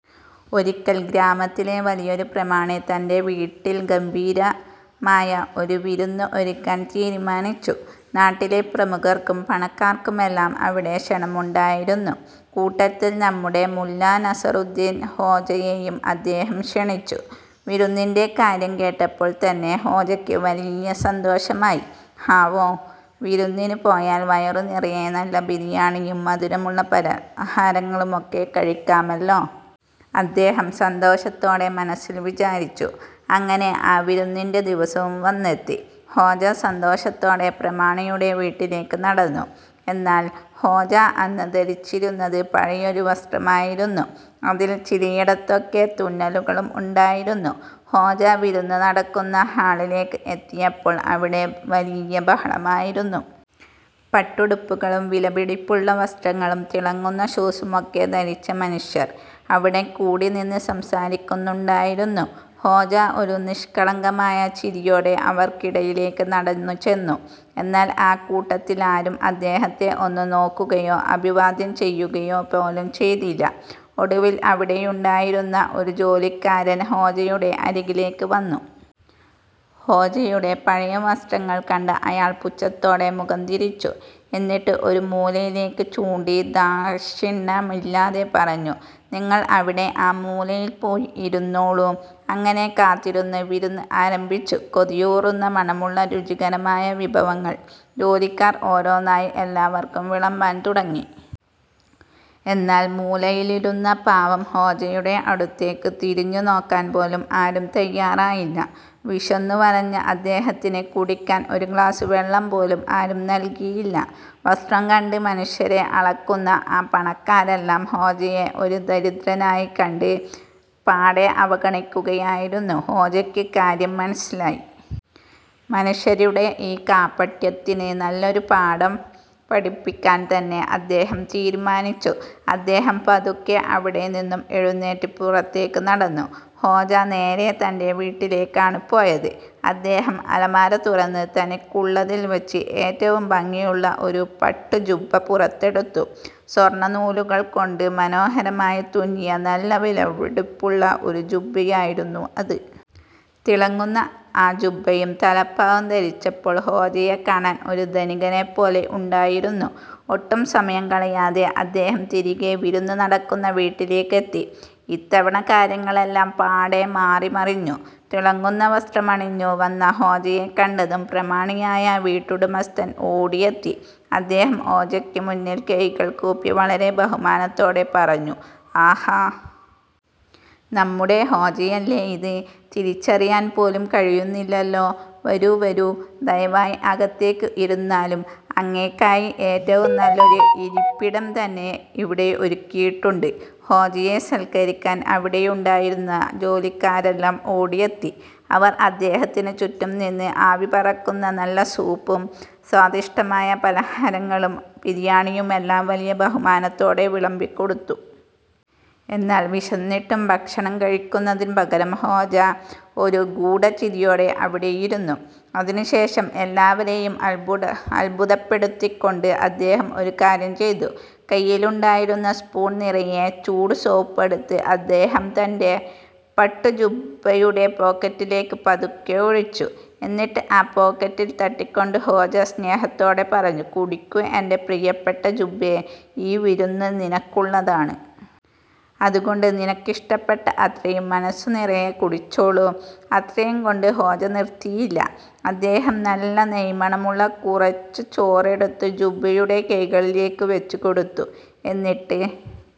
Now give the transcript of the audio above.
ഒരിക്കൽ, ഗ്രാമത്തിലെ വലിയൊരു പ്രമാണി തന്റെ വീട്ടിൽ ഗംഭീരമായ ഒരു വിരുന്ന് ഒരുക്കാൻ തീരുമാനിച്ചു. നാട്ടിലെ പ്രമുഖർക്കും പണക്കാർക്കുമെല്ലാം അവിടെ ക്ഷണമുണ്ടായിരുന്നു. കൂട്ടത്തിൽ നമ്മുടെ മുല്ലാ നസറുദ്ദീൻ ഹോജയെയും അദ്ദേഹം ക്ഷണിച്ചു. വിരുന്നിന്റെ കാര്യം കേട്ടപ്പോൾ തന്നെ ഹോജയ്ക്ക് വലിയ സന്തോഷമായി. "ഹാവൂ! വിരുന്നിന് പോയാൽ വയറു നിറയെ നല്ല ബിരിയാണിയും മധുരമുള്ള പലഹാരങ്ങളുമൊക്കെ കഴിക്കാമല്ലോ! " അദ്ദേഹം സന്തോഷത്തോടെ മനസ്സിൽ വിചാരിച്ചു. അങ്ങനെ, ആ വിരുന്നിന്റെ ദിവസവും വന്നെത്തി. ഹോജ സന്തോഷത്തോടെ പ്രമാണിയുടെ വീട്ടിലേക്ക് നടന്നു. എന്നാൽ, ഹോജ അന്ന് ധരിച്ചിരുന്നത് പഴയൊരു വസ്ത്രമായിരുന്നു. അതിൽ ചിലയിടത്തൊക്കെ തുന്നലുകളും ഉണ്ടായിരുന്നു. ഹോജ വിരുന്ന് നടക്കുന്ന ഹാളിലേക്ക് എത്തിയപ്പോൾ അവിടെ വലിയ ബഹളമായിരുന്നു. പട്ടുടുപ്പുകളും വിലപിടിപ്പുള്ള വസ്ത്രങ്ങളും തിളങ്ങുന്ന ഷൂസുമൊക്കെ ധരിച്ച മനുഷ്യർ അവിടെക്കൂടി നിന്ന് സംസാരിക്കുന്നുണ്ടായിരുന്നു. ഹോജ ഒരു നിഷ്കളങ്കമായ ചിരിയോടെ അവർക്കിടയിലേക്ക് നടന്നുചെന്നു. എന്നാൽ ആ കൂട്ടത്തിലാരും അദ്ദേഹത്തെ ഒന്ന് നോക്കുകയോ അഭിവാദ്യം ചെയ്യുകയോ പോലും ചെയ്തില്ല! ഒടുവിൽ അവിടെയുണ്ടായിരുന്ന ഒരു ജോലിക്കാരൻ ഹോജയുടെ അരികിലേക്ക് വന്നു. ഹോജയുടെ പഴയ വസ്ത്രങ്ങൾ കണ്ട അയാൾ പുച്ഛത്തോടെ മുഖം തിരിച്ചു. എന്നിട്ട് ഒരു മൂലയിലേക്ക് ചൂണ്ടി ദാക്ഷിണ്യമില്ലാതെ പറഞ്ഞു: "നിങ്ങൾ അവിടെ ആ മൂലയിൽ പോയി ഇരുന്നോളൂ! " അങ്ങനെ കാത്തിരുന്ന വിരുന്ന് ആരംഭിച്ചു. കൊതിയൂറുന്ന മണമുള്ള രുചികരമായ വിഭവങ്ങൾ ജോലിക്കാർ ഓരോന്നായി എല്ലാവർക്കും വിളമ്പാൻ തുടങ്ങി. എന്നാൽ, മൂലയിലിരുന്ന പാവം ഹോജയുടെ അടുത്തേക്ക് തിരിഞ്ഞുനോക്കാൻ പോലും ആരും തയ്യാറായില്ല. വിശന്നു വലഞ്ഞ അദ്ദേഹത്തിന് കുടിക്കാൻ ഒരു ഗ്ലാസ് വെള്ളം പോലും ആരും നൽകിയില്ല! വസ്ത്രം കണ്ട് മനുഷ്യരെ അളക്കുന്ന ആ പണക്കാരെല്ലാം ഹോജയെ ഒരു ദരിദ്രനായി കണ്ട് പാടെ അവഗണിക്കുകയായിരുന്നു. ഹോജയ്ക്ക് കാര്യം മനസ്സിലായി. മനുഷ്യരുടെ ഈ കാപട്യത്തിന് നല്ലൊരു പാഠം പഠിപ്പിക്കാൻ തന്നെ അദ്ദേഹം തീരുമാനിച്ചു. അദ്ദേഹം പതുക്കെ അവിടെനിന്നും എഴുന്നേറ്റ് പുറത്തേക്ക് നടന്നു. ഹോജ നേരെ തന്റെ വീട്ടിലേക്കാണ് പോയത്. അദ്ദേഹം അലമാര തുറന്ന്, തനിക്കുള്ളതിൽ വച്ച് ഏറ്റവും ഭംഗിയുള്ള ഒരു പട്ടുജുബ്ബ പുറത്തെടുത്തു. സ്വർണനൂലുകൾ കൊണ്ട് മനോഹരമായി തുന്നിയ, നല്ല വിലപിടിപ്പുള്ള ഒരു ജുബ്ബയായിരുന്നു അത്! തിളങ്ങുന്ന ആ ജുബ്ബയും തലപ്പാവും ധരിച്ചപ്പോൾ ഹോജയെ കാണാൻ ഒരു ധനികനെപ്പോലെ ഉണ്ടായിരുന്നു. ഒട്ടും സമയം കളയാതെ അദ്ദേഹം തിരികെ വിരുന്ന് നടക്കുന്ന വീട്ടിലേക്ക് എത്തി. ഇത്തവണ കാര്യങ്ങളെല്ലാം പാടെ മാറിമറിഞ്ഞു! തിളങ്ങുന്ന വസ്ത്രമണിഞ്ഞു വന്ന ഹോജയെ കണ്ടതും പ്രമാണിയായ വീട്ടുടമസ്ഥൻ ഓടിയെത്തി. അദ്ദേഹം ഹോജയ്ക്ക് മുന്നിൽ കൈകൾ കൂപ്പി വളരെ ബഹുമാനത്തോടെ പറഞ്ഞു: "ആഹാ! നമ്മുടെ ഹോജയല്ലേ ഇത്! തിരിച്ചറിയാൻ പോലും കഴിയുന്നില്ലല്ലോ! വരൂ… വരൂ… ദയവായി അകത്തേക്ക് ഇരുന്നാലും. അങ്ങേയ്ക്കായി ഏറ്റവും നല്ലൊരു ഇരിപ്പിടം തന്നെ ഇവിടെ ഒരുക്കിയിട്ടുണ്ട്. " ഹോജയെ സൽക്കരിക്കാൻ അവിടെയുണ്ടായിരുന്ന ജോലിക്കാരെല്ലാം ഓടിയെത്തി. അവർ അദ്ദേഹത്തിന് ചുറ്റും നിന്ന് ആവിപറക്കുന്ന നല്ല സൂപ്പും സ്വാദിഷ്ടമായ പലഹാരങ്ങളും ബിരിയാണിയുമെല്ലാം വലിയ ബഹുമാനത്തോടെ വിളമ്പിക്കൊടുത്തു. എന്നാൽ, വിശന്നിട്ടും ഭക്ഷണം കഴിക്കുന്നതിന് പകരം ഹോജ ഒരു ഗൂഢചിരിയോടെ അവിടെയിരുന്നു. അതിനുശേഷം എല്ലാവരെയും അത്ഭുതപ്പെടുത്തിക്കൊണ്ട് അദ്ദേഹം ഒരു കാര്യം ചെയ്തു! കയ്യിലുണ്ടായിരുന്ന സ്പൂൺ നിറയെ ചൂടുസൂപ്പ് എടുത്ത്, അദ്ദേഹം തന്റെ പട്ടുജുബ്ബയുടെ പോക്കറ്റിലേക്ക് പതുക്കെ ഒഴിച്ചു! എന്നിട്ട് ആ പോക്കറ്റിൽ തട്ടിക്കൊണ്ട് ഹോജ സ്നേഹത്തോടെ പറഞ്ഞു: "കുടിക്കൂ എന്റെ പ്രിയപ്പെട്ട ജുബ്ബേ… ഈ വിരുന്ന് നിനക്കുള്ളതാണ്. അതുകൊണ്ട് നിനക്കിഷ്ടമുള്ള അത്രയും മനസ്സുനിറയെ കുടിച്ചോളൂ! " അത്രയും കൊണ്ട് ഹോജ നിർത്തിയില്ല! അദ്ദേഹം നല്ല നെയ്മണമുള്ള കുറച്ചു ചോറെടുത്ത് ജുബ്ബയുടെ കൈകളിലേക്ക് വച്ചുകൊടുത്തു. എന്നിട്ട്